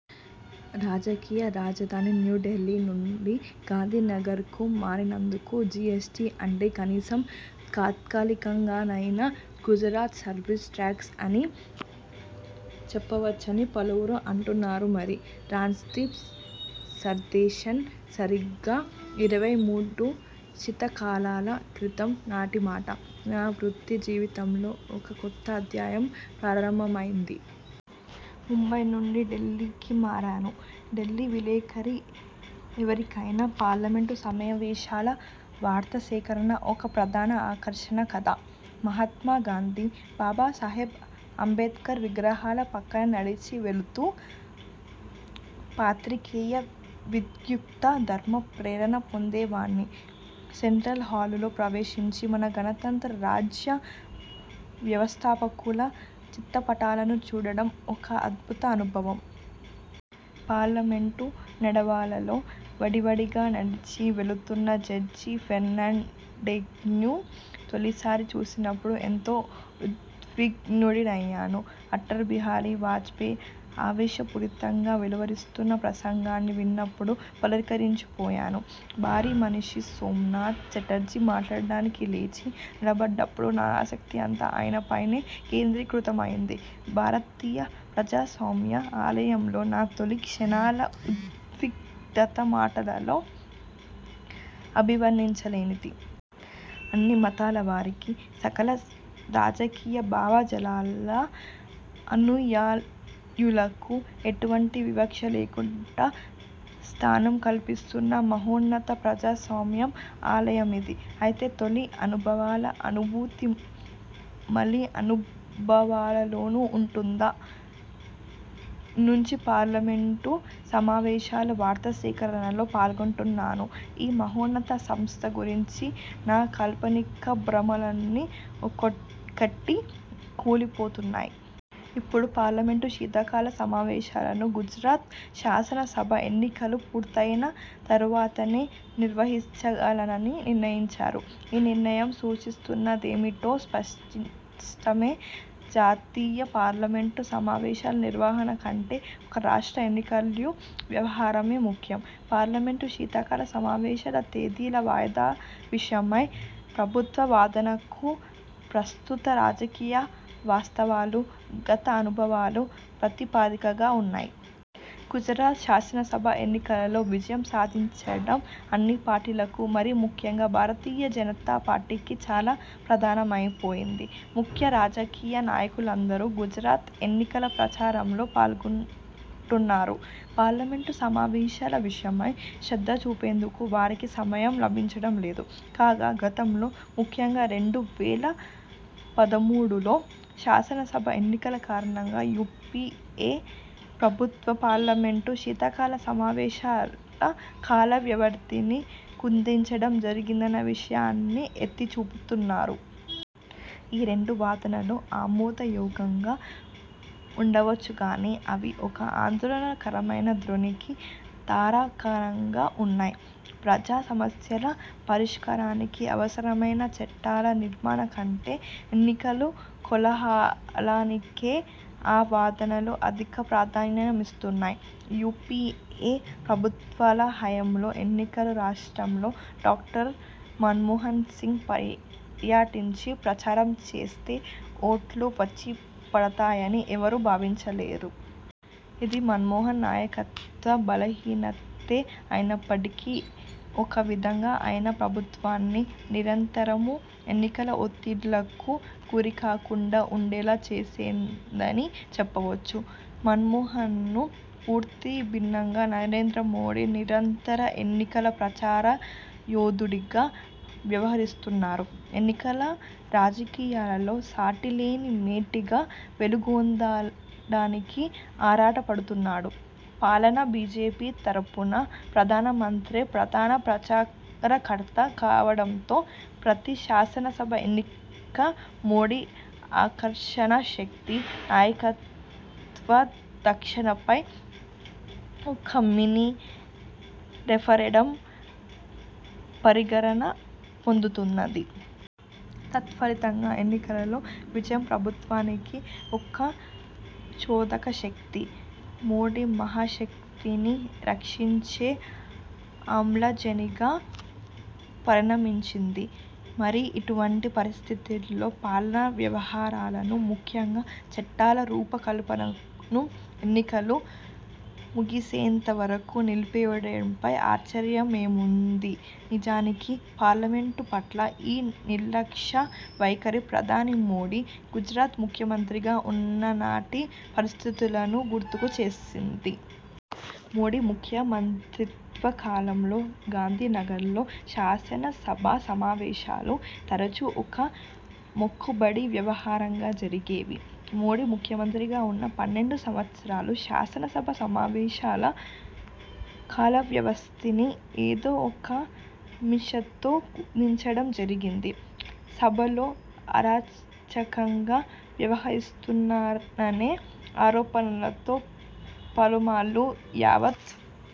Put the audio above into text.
రాజకీయ రాజధాని న్యూఢిల్లీ నుంచి గాంధీనగర్కు మారినందున జీఎస్టీ అంటే కనీసం తాత్కాలికంగానైనా గుజరాత్ సర్వీస్ ట్యాక్స్ అని చెప్పవచ్చని పలువురు అంటున్నారు మరి. రాజ్దీప్ సర్దేశాయి సరిగ్గా ఇరవై మూడు శీత కాలాల క్రితం నాటి మాట. నా వృత్తి జీవితంలో ఒక కొత్త అధ్యాయం ప్రారంభమయింది. ముంబై నుంచి ఢిల్లీకి మారాను. ఢిల్లీ విలేఖరి ఎవరికైనా పార్లమెంటు సమావేశాల వార్తా సేకరణ ఒక ప్రధాన ఆకర్షణ కదా. మహాత్మా గాంధీ, బాబాసాహెబ్ అంబేడ్కర్ విగ్రహాల పక్కగా నడిచి వెళుతూ పాత్రికేయ విధ్యుక్త ధర్మ ప్రేరణ పొందేవాణ్ణి సెంట్రల్ హాలులో ప్రవేశించి, మన గణతంత్ర రాజ్య వ్యవస్థాపకుల చిత్రపటాలను చూడడం ఒక అద్భుత అనుభవం. పార్లమెంటు నడవాలలో వడివడిగా నడిచి వెళ్లుతున్న జార్జి ఫెర్నాండెజ్ను తొలిసారి చూసినప్పుడు ఎంతో ఉద్విగ్నుడినయ్యాను. అటల్ బిహారీ వాజపేయి ఆవేశపూరితంగా వెలువరిస్తున్న ప్రసంగాన్ని విన్నప్పుడు పులకరించిపోయాను. భారీ మనిషి సోమనాథ్ చటర్జీ మాట్లాడడానికి లేచి నిలబడ్డప్పుడు నా ఆసక్తి అంతా ఆయన పైనే కేంద్రీకృతమయింది. భారతీయ ప్రజాస్వామ్య ఆలయంలో నా తొలి క్షణాల ఉద్విగ్నత మాటలలో అభివర్ణించలేనిది. అన్ని మతాల వారికి, సకల రాజకీయ భావజాలాల అనుయాయులకు ఎటువంటి వివక్ష లేకుండా స్థానం కల్పిస్తున్న మహోన్నత ప్రజాస్వామ్య ఆలయమిది. అయితే తొలి అనుభవాల అనుభూతి మలి అనుభవాలలోనూ ఉంటుందా? నుంచి పార్లమెంటు సమావేశాల వార్తా సేకరణలో పాల్గొంటున్నాను. ఈ మహోన్నత సంస్థ గురించి నా కాల్పనిక భ్రమలన్నీ ఒక్కొక్కటీ కూలిపోతున్నాయి. ఇప్పుడు పార్లమెంటు శీతాకాల సమావేశాలను గుజరాత్ శాసనసభా ఎన్నికలు పూర్తయిన తరువాతనే నిర్వహించాలని నిర్ణయించారు. ఈ నిర్ణయం సూచిస్తున్నదేమిటో స్పష్టమే జాతీయ పార్లమెంటు సమావేశాల నిర్వహణ కంటే ఒక రాష్ట్ర ఎన్నికల వ్యవహారాలే ముఖ్యం. పార్లమెంటు శీతాకాల సమావేశాల తేదీల వాయిదా విషయమై ప్రభుత్వ వాదనకు ప్రస్తుత రాజకీయ వాస్తవాలు, గతఅనుభవాలు ప్రాతిపదికగా వున్నాయి. గుజరాత్ శాసనసభా ఎన్నికలలో విజయం సాధించడం అన్నిపార్టీలకు, మరీ ముఖ్యంగా భారతీయ జనతా పార్టీకి చాలా ప్రధానమైపోయింది. ముఖ్య రాజకీయ నాయకులందరూ గుజరాత్ ఎన్నికల ప్రచారంలో పాల్గొంటున్నారు. పార్లమెంటు సమావేశాల విషయమై శ్రద్ధ చూపేందుకు వారికి సమయం లభించడం లేదు. కాగా గతంలో, ముఖ్యంగా రెండు వేల పదమూడులో, శాసనసభా ఎన్నికల కారణంగా యూపీఏ ప్రభుత్వం పార్లమెంటు శీతాకాల సమావేశాల కాల వ్యవధిని కుదించడం జరిగిందన్న విషయాన్ని ఎత్తిచూపుతున్నారు. ఈ రెండు వాదనలూ ఆమోద యోగ్యంగా వుండవచ్చు గానీ అవి ఒక ఆందోళనకరమైన ధోరణికి తార్కాణంగా వున్నాయి. ప్రజా సమస్యల పరిష్కారానికి అవసరమైన చట్టాల నిర్మాణం కంటే ఎన్నికల కోలాహలానికే ఆ వాదనలు అధిక ప్రాధాన్యమిస్తున్నాయి. యూపీఏ ప్రభుత్వాల హయాంలో ఎన్నికల రాష్ట్రాలలో డాక్టర్ మన్మోహన్ సింగ్ పర్యటించి ప్రచారం చేస్తే ఓట్లు వచ్చిపడతాయని ఎవరూ భావించలేదు. ఇది మన్మోహన్ నాయకత్వ బలహీనతే అయినప్పటికీ ఒక విధంగా ఆయన ప్రభుత్వాన్ని, నిరంతరమూ ఎన్నికల ఒత్తిళ్ళకు గురికాకుండా ఉండేలా చేసిందని చెప్పవచ్చు. మన్మోహన్కు పూర్తి భిన్నంగా నరేంద్ర మోదీ నిరంతర ఎన్నికల ప్రచారయోధుడుగా వ్యవహరిస్తున్నారు. ఎన్నికల రాజకీయాలలో సాటిలేని మేటిగా వెలుగొందడానికి ఆరాటపడుతున్నారు. పాలక బీజేపీ తరపున ప్రధానమంత్రే ప్రధాన ప్రచారకర్త కావడంతో ప్రతి శాసనసభా ఎన్నిక మోదీ ఆకర్షణ శక్తి, నాయకత్వదక్షతపై ఒక మినీ– రెఫరెండం పరిగణన పొందుతున్నది. తత్ఫలితంగా ఎన్నికలలో విజయం ప్రభుత్వానికి ఒక చోదకశక్తి, మోదీ మహాశక్తిని రక్షించే ఆమ్లజనిగా పరిణమించింది. మరి ఇటువంటి పరిస్థితులలో పాలనా వ్యవహారాలను, ముఖ్యంగా చట్టాల రూపకల్పనను ఎన్నికలు ముగిసేంతవరకు నిలిపివేయడంపై ఆశ్చర్యమేముంది? నిజానికి, పార్లమెంటు పట్ల ఈ నిర్లక్ష్య వైఖరి ప్రధాని మోదీ గుజరాత్ ముఖ్యమంత్రిగా ఉన్ననాటి పరిస్థితులను గుర్తుకు తెస్తుంది. మోదీ ముఖ్యమంత్రిత్వ కాలంలో గాంధీనగర్లో శాసనసభా సమావేశాలు తరచూ ఒక మొక్కుబడి వ్యవహారంగా జరిగేవి. మోదీ ముఖ్యమంత్రిగా ఉన్న పన్నెండు సంవత్సరాలూ శాసనసభా సమావేశాల కాలవ్యవధిని ఏదో ఒక మిషతో కుదించడం జరిగింది. సభలో అరాచకంగా వ్యవహరిస్తున్నారనే ఆరోపణతో పలుమార్లు యావత్,